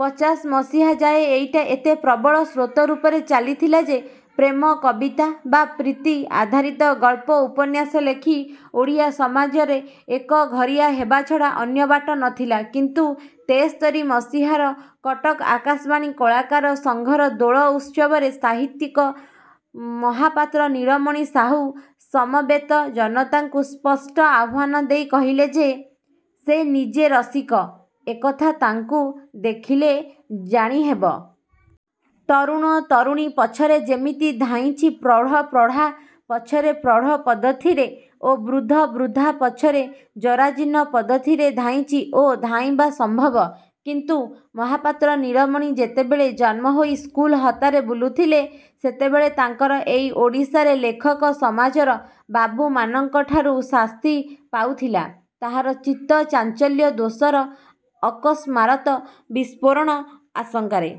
ପଚାଶ ମସିହା ଯାଏ ଏଇଟା ଏତେ ପ୍ରବଳ ସ୍ରୋତ ରୂପରେ ଚାଲିଥିଲା ଯେ ପ୍ରେମ କବିତା ବା ପ୍ରୀତି-ଆଧାରିତ ଗଳ୍ପ ଉପନ୍ୟାସ ଲେଖି ଓଡ଼ିଆ ସମାଜରେ ଏକଘରିଆ ହେବାଛଡ଼ା ଅନ୍ୟବାଟ ନ ଥିଲା। କିନ୍ତୁ ତେସ୍ତରୀ ମସିହାର କଟକ ଆକାଶବାଣୀ କଳାକାର ସଂଘର ଦୋଳ ଉତ୍ସବରେ ସାହିତ୍ୟିକ ମହାପାତ୍ର ନୀଳମଣି ସାହୁ ସମବେତ ଜନତାଙ୍କୁ ସ୍ପଷ୍ଟ ଆହ୍ୱାନ ଦେଇ କହିଲେ ଯେ ସେ ନିଜେ ରସିକ-ଏକଥା ତାଙ୍କୁ ଦେଖିଲେ ଜାଣିହେବ। ତରୁଣ ତରୁଣୀ ପଛରେ ଯେମିତି ଧାଇଁଛି ପ୍ରୌଢ଼ ପ୍ରୌଢ଼ା ପଛରେ ପ୍ରୌଢ଼ ପଦ୍ଧତିରେ ଓ ବୃଦ୍ଧ ବୃଦ୍ଧା ପଛରେ ଜରାଜୀର୍ଣ୍ଣ ପଦ୍ଧତିରେ ଧାଇଁଛି ଓ ଧାଇଁବା ସମ୍ଭବ। କିନ୍ତୁ ମହାପାତ୍ର ନୀଳମଣି ଯେତେବେଳେ ଜନ୍ମ ହୋଇ ସ୍କୁଲ ହତାରେ ବୁଲୁଥିଲେ ସେତେବେଳେ ତାଙ୍କର ଏଇ ଓଡ଼ିଶାରେ ଲେଖକ ସମାଜର ବାବୁମାନଙ୍କଠାରୁ ଶାସ୍ତି ପାଉଥିଲା-ତାହାର ଚିତ୍ତ ଚାଞ୍ଚଲ୍ୟ ଦୋଷର ଅକସ୍ମାରତ ବିସ୍ଫୋରଣ ଆଶଙ୍କାରେ।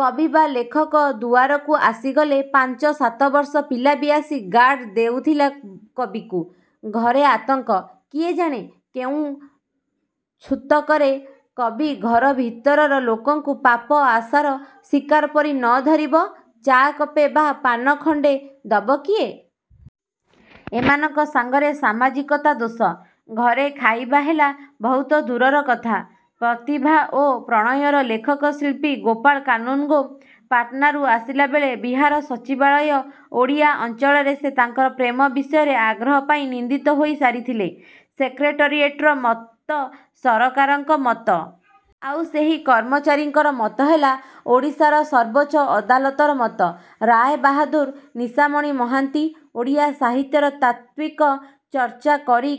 କବି ବା ଲେଖକ ଦୁଆରକୁ ଆସିଗଲେ ପାଞ୍ଚ ସାତବର୍ଷ ପିଲା ବି ଆସି ଗାର୍ଡ଼ ଦେଉଥିଲା କବିକୁ। ଘରେ ଆତଙ୍କ-କିଏ ଜାଣେ କେଉଁ ଛୁତକରେ କବି ଘର ଭିତରର ଲୋକଙ୍କୁ ପାପ ଆଶାର ଶିକାର ପରି ନ ଧରିବ? ଚା' କପେ ବା ପାନ ଖଣ୍ତେ ଦବ କିଏ? ଏମାନଙ୍କ ସାଙ୍ଗରେ ସାମାଜିକତା ଦୋଷ। ଘରେ ଖାଇବା ହେଲା ବହୁତ ଦୂରର କଥା। ପ୍ରତିଭା ଓ ପ୍ରଣୟର ଲେଖକ ଶିଳ୍ପୀ ଗୋପାଳ କାନୁନଗୋ ପାଟନାରୁ ଆସିଲାବେଳେ ବିହାର ସଚିବାଳୟର ଓଡ଼ିଆ ଅଞ୍ଚଳରେ ସେ ତାଙ୍କର ପ୍ରେମ ବିଷୟର ଆଗ୍ରହ ପାଇଁ ନିନ୍ଦିତ ହୋଇ ସାରିଥିଲେ। ସେକ୍ରେଟରିଏଟ୍ର ମତ ସରକାରଙ୍କର ମତ। ଆଉ ସେହି କର୍ମଚାରୀଙ୍କର ମତ ହେଲା ଓଡ଼ିଶାର ସର୍ବୋଚ୍ଚ ଅଦାଲତର ମତ। ରାୟ ବାହାଦୁର ନିଶାମଣି ମହାନ୍ତି ଓଡ଼ିଆ ସାହିତ୍ୟର ତାତ୍ତ୍ୱିକ ଚର୍ଚ୍ଚାକରି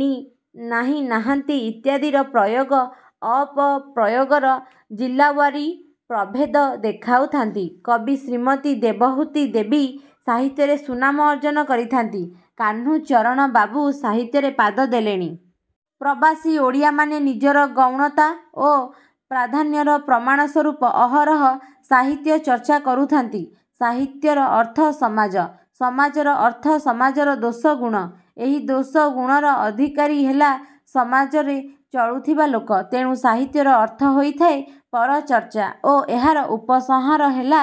ନି-ନାହିଁ-ନାହାନ୍ତି ଇତ୍ୟାଦିର ପ୍ରୟୋଗ ଅପପ୍ରୟୋଗର ଜିଲ୍ଲାୱାରୀ ପ୍ରଭେଦ ଦେଖାଉଥାନ୍ତି। କବି ଶ୍ରୀମତୀ ଦେବହୂତି ଦେବୀ ସାହିତ୍ୟରେ ସୁନାମ ଅର୍ଜନ କରିଥାନ୍ତି। କାହ୍ନୁଚରଣବାବୁ ସାହିତ୍ୟରେ ପାଦ ଦେଲେଣି। ପ୍ରବାସୀ ଓଡ଼ିଆମାନେ ନିଜର ଗୌଣତା ଓ ପ୍ରାଧାନ୍ୟର ପ୍ରମାଣ ସ୍ୱରୂପ ଅହରହ ସାହିତ୍ୟ ଚର୍ଚ୍ଚା କରୁଥାନ୍ତି। ସାହିତ୍ୟର ଅର୍ଥ ସମାଜ। ସମାଜର ଅର୍ଥ ସମାଜର ଦୋଷ ଗୁଣ। ଏହି ଦୋଷଗୁଣର ଅଧିକାରୀ ହେଲା ସମାଜରେ ଚଳୁଥିବା ଲୋକ। ତେଣୁ ସାହିତ୍ୟର ଅର୍ଥ ହୋଇଥାଏ ପରଚର୍ଚ୍ଚା ଓ ଏହାର ଉପସଂହାର ହେଲା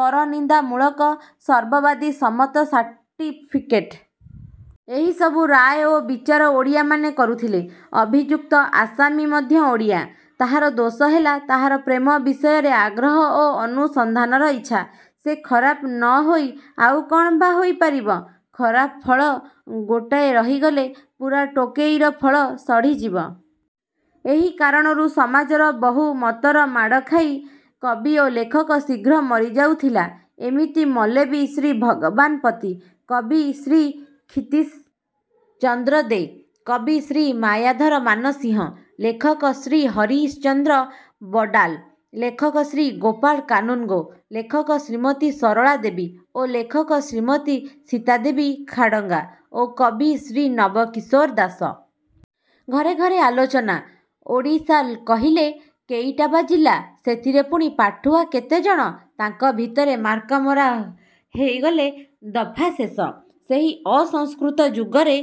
ପରନିନ୍ଦାମୂଳକ ସର୍ବବାଦୀ ସମ୍ମତ ସାର୍ଟିଫିକେଟ। ଏହିସବୁ ରାୟ ଓ ବିଚାର ଓଡ଼ିଆମାନେ କରୁଥିଲେ। ଅଭିଯୁକ୍ତ ଆସାମୀ ମଧ୍ୟ ଓଡ଼ିଆ। ତାହାର ଦୋଷ ହେଲା ତାହାର ପ୍ରେମ ବିଷୟରେ ଆଗ୍ରହ ଓ ଅନୁସନ୍ଧାନର ଇଚ୍ଛା। ସେ ଖରାପ ନ ହୋଇ ଆଉ କ'ଣ ବା ହେଇ ପାରିବ? ଖରାପ ଫଳ ଗୋଟାଏ ରହିଗଲେ ପୁରା ଟୋକେଇର ଫଳ ସଢ଼ିଯିବ। ଏହି କାରଣରୁ ସମାଜର ବହୁ ମତର ମାଡ଼ ଖାଇ କବି ଓ ଲେଖକ ଶୀଘ୍ର ମରିଯାଉଥିଲା। ଏମିତି ମଲେ କବି ଶ୍ରୀ ଭଗବାନ ପତି, କବି ଶ୍ରୀ କ୍ଷିତୀଶ ଚନ୍ଦ୍ର ଦେ, କବି ଶ୍ରୀ ମାୟାଧର ମାନସିଂହ, ଲେଖକ ଶ୍ରୀ ହରିଶ୍ଚନ୍ଦ୍ର ବଡ଼ାଲ, ଲେଖକ ଶ୍ରୀ ଗୋପାଳ କାନୁନଗୋ, ଲେଖକ ଶ୍ରୀମତୀ ସରଳା ଦେବୀ ଓ ଲେଖକ ଶ୍ରୀମତୀ ସୀତା ଦେବୀ ଖାଡ଼ଙ୍ଗା ଓ କବି ଶ୍ରୀ ନବ କିଶୋର ଦାସ। ଘରେ ଘରେ ଆଲୋଚନା। ଓଡ଼ିଶା କହିଲେ କେଇଟା ବା ଜିଲ୍ଲା-ସେଥିରେ ପୁଣି ପାଠୁଆ କେତେ ଜଣ? ତାଙ୍କ ଭିତରେ ମାର୍କାମରା ହେଇଗଲେ ଦଫା ଶେଷ। ସେହି ଅସଂସ୍କୃତ ଯୁଗରେ